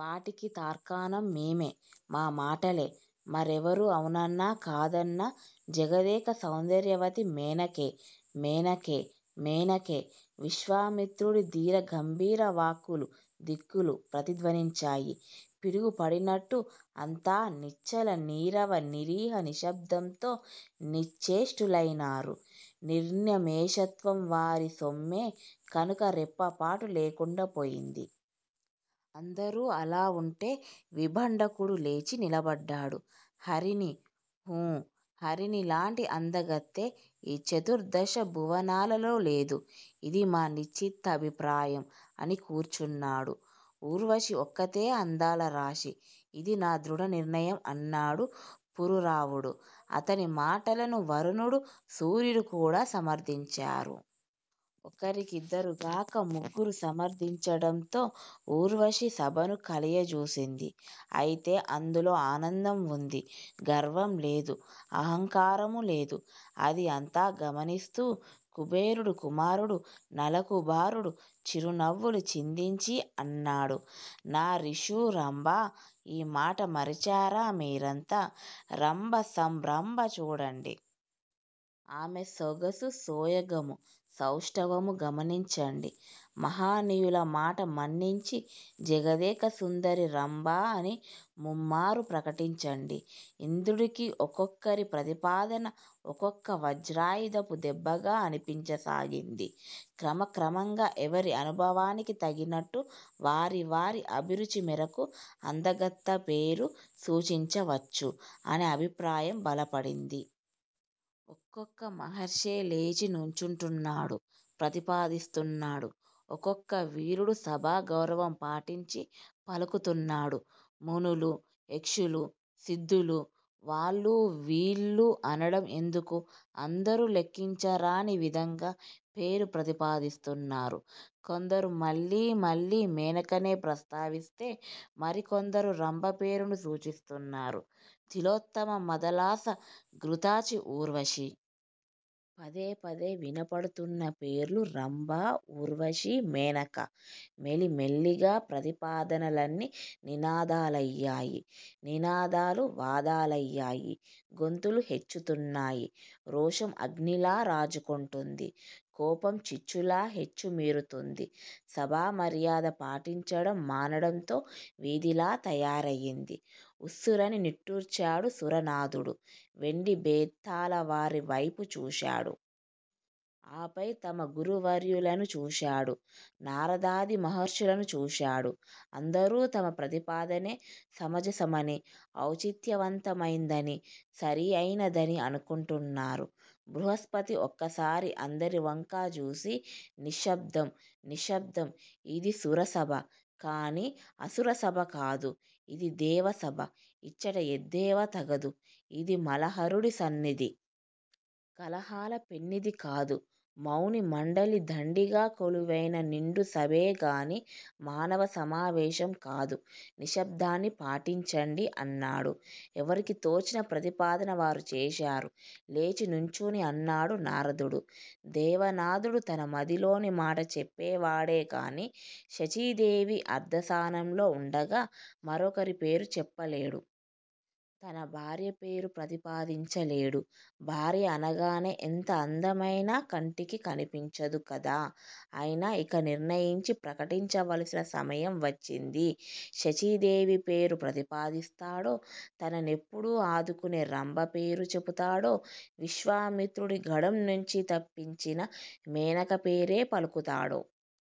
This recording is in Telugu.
వాటికి తార్కాణం మేమే! మా మాటలే! మరెవరు అవునన్నా కాదన్నా జగదేక సౌందర్యవతి మేనకే! మేనకే! మేనకే!! విశ్వామిత్రుడి ధీర గంభీర వాక్కులు దిక్కులు ప్రతిధ్వనించాయి. పిడుగు పడినట్టు అంతా నిశ్చల నీరవ నిరీహ నిశ్శబ్దంతో నిశ్చేష్టులయినారు. నిర్నిమేషత్వం వారి సొమ్మే కనుక రెప్పపాటు లేకుండా పోయింది. అందరూ అలా ఉంటే విభాండకుడు లేచి నిలబడ్డాడు. 'హరిణి! హూ! హరిణి లాంటి అందగత్తె ఈ చతుర్ధశ భువనాలలో లేదు! ఇది మా నిశ్చితాభిప్రాయం' అని కూర్చున్నాడు. 'ఊర్వశి ఒక్కతే అందాల రాశి. ఇది నా దృఢ నిర్ణయం' అన్నాడు పురూరవుడు. అతని మాటలను వరుణుడూ, సూర్యుడు కూడా సమర్ధించారు. ఒకరికిద్దరు గాక ముగ్గురు సమర్ధించడంతో ఊర్వశి సభను కలయజూసింది. ఐతే అందులో ఆనందం ఉంది. గర్వం లేదు. అహంకారమూ లేదు. అది అంతా గమనిస్తూ కుబేరుడి కుమారుడు నలకూబరుడు చిరునవ్వులు చిందించి అన్నాడు. 'నారీషు రంభా! ఈ మాట మరిచారా మీరంతా? రంభ సంరంభం చూడండి! ఆమె సొగసు సోయగమూ సౌష్టవమూ గమనించండి. మహనీయుల మాట మన్నించి జగదేక సుందరి రంభ అని ముమ్మారూ ప్రకటించండి! ' ఇంద్రుడికి ఒక్కొక్కరి ప్రతిపాదనా ఒక్కొక్క వజ్రాయుధపు దెబ్బగా అనిపించసాగింది. క్రమ క్రమంగా ఎవరి అనుభవానికి తగినట్టు వారి వారి అభిరుచి మేరకు అందగత్తె పేరు సూచించవచ్చు అనే అభిప్రాయం బలపడింది. ఒక్కొక్క మహర్షే లేచి నుంచుంటున్నాడు. ప్రతిపాదిస్తున్నాడు. ఒక్కొక్క వీరుడు సభా గౌరవం పాటించి పలుకుతున్నాడు. మునులు-యక్షులు-సిద్ధులు- వాళ్ళు వీళ్ళు అనడం ఎందుకు? అందరూ లెక్కించరాని విధంగా పేరు ప్రతిపాదిస్తున్నారు. కొందరు మళ్ళీ మళ్ళీ మేనకనే ప్రస్తావిస్తే మరికొందరు రంభ పేరును సూచిస్తున్నారు. తిలోత్తమ మదాలస, ఘ్రుతాచి, ఊర్వశి! పదేపదే వినపడుతున్న పేర్లు రంభ! ఊర్వశి! మేనక! మెలిమెల్లిగా ప్రతిపాదనలన్నీ నినాదాలయ్యాయి. నినాదాలు వాదాలయ్యాయి. గొంతులు హెచ్చుతున్నాయి. రోషం అగ్నిలా రాజుకుంటోంది. కోపం చిచ్చులా హెచ్చు మీరుతోంది. సభా మర్యాద పాటించడం మానడంతో వీధిలా తయారయింది. ఉస్సురని నిట్టూర్చాడు సురనాధుడు. వెండి బెత్తాలవారి వైపు చూశాడు. ఆపై తమ గురువర్యులణు చూశాడు. నారదాది మహర్షులను చూశాడు. అందరూ తమ ప్రతిపాదనే సమజసమనీ-ఔచిత్యవంతమయిందనీ. సరి అయినదనీ అనుకుంటున్నారు. బృహస్పతి ఒక్కసారి అందరి వంకా జూసి 'నిశ్శబ్దం! నిశ్శబ్దం! ఇది సురసభ! కానీ అసుర సభ కాదు! ఇది దేవసభ. ఇచట యెద్దేవ తగదు! ఇది మలహరుడి సన్నిధి! కలహాల పెన్నిధి కాదు! మౌని మండలి దండిగా కొలువైన నిండు సభే గానీ మానవ సమావేశం కాదు. నిశ్శబ్దాన్ని పాటించండి' అన్నాడు. 'ఎవరికి తోచిన ప్రతిపాదన వారు చేశారు' లేచి నుంచుని అన్నాడు నారదుడు. 'దేవనాధుడు తన మదిలోని మాట చెప్పేవాడే కానీ శచీదేవి అర్ధాసనంలో ఉండగా మరొకరి పేరు చెప్పలేడు. తన భార్య పేరూ ప్రతిపాదించలేడూ. భార్య అనగానే ఎంత అందమైనా కంటికి కనిపించదు కదా! అయినా ఇక నిర్ణయించి ప్రకటించవలసిన సమయం వచ్చింది. శచీదేవి పేరు ప్రతిపాదిస్తాడో! తన నెప్పుడూ ఆదుకునే రంభ పేరు చెప్తాడో! విశ్వామిత్రుడి గండం నుంచి తప్పించిన మేనక పేరే పలుకుతాడో!